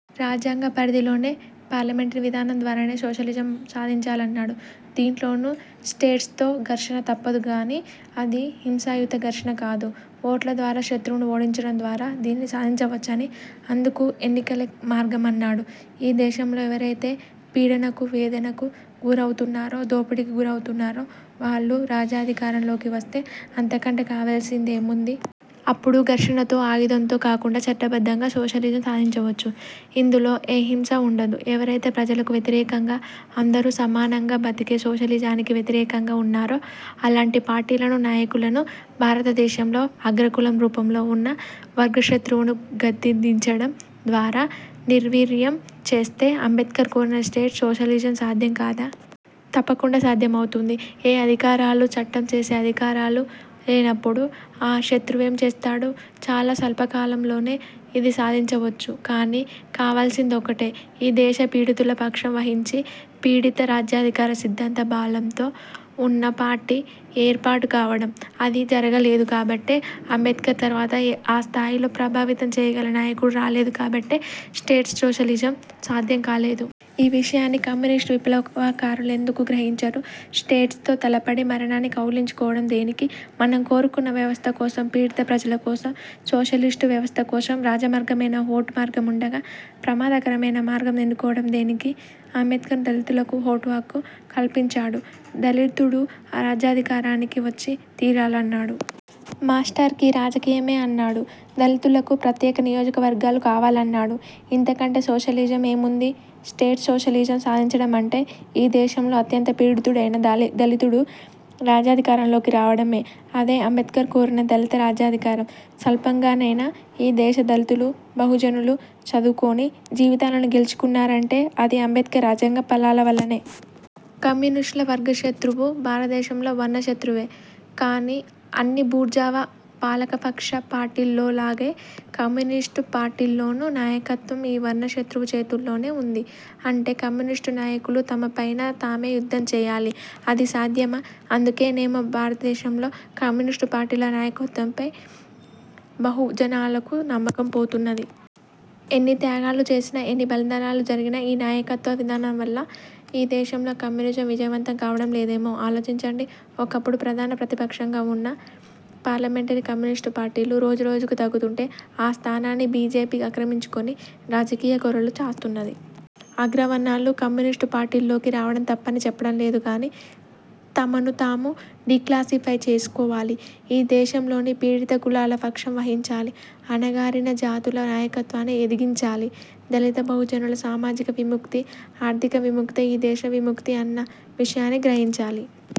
రాజ్యాంగ పరిధిలోనే, పార్లమెంటరీ విధానం ద్వారానే సోషలిజం సాధించాలన్నాడు. దీంట్లోనూ స్టేట్తో ఘర్షణ తప్పదు కాని అది హింసాయుత ఘర్షణ కాదు. ఓట్ల ద్వారా శత్రువును ఓడించడం ద్వారా దీనిని సాధించవచ్చనీ, అందుకు ఎన్నికలే మార్గమన్నాడు. ఈ దేశంలో ఎవరైతే పీడనకు వేదనకు గురవుతున్నారో, దోపిడీకి గురవుతున్నారో వాళ్ళు రాజ్యాధికారంలోకి వస్తే అంతకంటే కావాల్సిందేముంది? అప్పుడు ఘర్షణతో, ఆయుధంతో కాకుండా చట్టబద్ధంగా సోషలిజం సాధించవచ్చు. ఇందులో ఏ హింసా ఉండదు. ఎవరైతే ప్రజలకు వ్యతిరేకంగా, అందరూ సమానంగా బతికే సోషలిజానికి వ్యతిరేకంగా ఉన్నారో అలాంటి పార్టీలను, నాయకులను, భారతదేశంలో అగ్రకులం రూపంలో ఉన్న వర్గశత్రువును గద్దెదించడం ద్వారా నిర్వీర్యం చేస్తే అంబేద్కర్ కోరిన స్టేట్ సోషలిజం సాధ్యం కాదా? తప్పకుండా సాధ్యమవుతుంది. ఏ అధికారాలూ, చట్టం చేసే అధికారాలూ లేనప్పుడు ఆ శత్రువేం చేస్తాడు. చాలా స్వల్పకాలంలోనే ఇది సాధించవచ్చు. కానీ, కావాల్సిందొకటే. ఈ దేశ పీడితుల పక్షం వహించి పీడిత రాజ్యాధికార సిద్ధాంత బలంతో ఉన్న పార్టీ ఏర్పాటు కావడం. అది జరుగలేదు కాబట్టే, అంబేద్కర్ తర్వాత ఆ స్థాయిలో ప్రభావితం చేయగల నాయకుడు రాలేదు కాబట్టే, స్టేట్ సోషలిజం సాధ్యం కాలేదు. ఈ విషయాన్ని కమ్యునిస్టు విప్లవకారులెందుకు గ్రహించరు? స్టేట్తో తలపడి మరణాన్ని కౌగిలించుకోవడం దేనికి? మనం కోరుకున్న వ్యవస్థ కోసం, పీడిత ప్రజల కోసం, సోషలిస్టు వ్యవస్థ కోసం రాజమార్గమైన ఓటు మార్గముండగా ప్రమాదకరమైన మార్గం ఎన్నుకోవడం దేనికి? అంబేద్కర్ దళితులకు ఓటు హక్కు కల్పించాడు. దళితుడు రాజ్యాధికారానికి వచ్చి తీరాలన్నాడు. మాస్టర్కీ రాజకీయమే అన్నాడు. దళితులకు ప్రత్యేక నియోజకవర్గాలు కావాలన్నాడు. ఇంతకంటే సోషలిజం ఏముంది? స్టేట్ సోషలిజం సాధించడమంటే ఈ దేశంలో అత్యంత పీడితుడైన దళితుడు రాజ్యాధికారంలోకి రావడమే. అదే అంబేద్కర్ కోరిన దళిత రాజ్యాధికారం. స్వల్పంగానైనా ఈ దేశ దళితులు, బహుజనులు చదువుకొని జీవితాలను గెలుచుకున్నారంటే అది అంబేద్కర్ రాజ్యాంగ ఫలాల వల్లనే. కమ్యునిస్టుల వర్గశత్రువు భారతదేశంలో వర్ణశత్రువే. కాని అన్ని బూర్జావా పాలకపక్ష పార్టీల్లోల్లాగే కమ్యునిస్టు పార్టీల్లోనూ నాయకత్వం ఈ వర్ణశత్రువు చేతుల్లోనే ఉంది. అంటే కమ్యునిస్టు నాయకులు తమపైన తామే యుద్ధం చేయాలి. అది సాధ్యమా? అందుకేనేమో భారతదేశంలో కమ్యునిస్టు పార్టీల నాయకత్వంపై బహుజనాలకు నమ్మకం పోతున్నది. ఎన్ని త్యాగాలు చేసినా, ఎన్ని బలిదానాలు జరిగినా ఈ నాయకత్వ విధానం వల్ల ఈ దేశంలో కమ్యునిజం విజయవంతం కావడం లేదేమో ఆలోచించండి. ఒకప్పుడు ప్రధాన ప్రతిపక్షంగా ఉన్న పార్లమెంటరీ కమ్యునిస్టు పార్టీలు, రోజురోజుకూ తగ్గుతుంటే, ఆ స్థానాన్ని బి. జె. పి ఆక్రమించుకొని రాజకీయ కోరలు చాటుతున్నది అగ్రవర్ణాలు కమ్యునిస్టు పార్టీల్లోకి రావడం తప్పని చెప్పడం లేదు కానీ, తమను తాము డీక్లాసిఫై చేసుకోవాలి. ఈ దేశంలోని పీడిత కులాల పక్షం వహించాలి. అణగారిన జాతుల నాయకత్వాన్ని ఎదిగించాలి. దళిత బహుజనుల సామాజిక విముక్తి, ఆర్థిక విముక్తే ఈ దేశ విముక్తి అన్న విషయాన్ని గ్రహించాలి.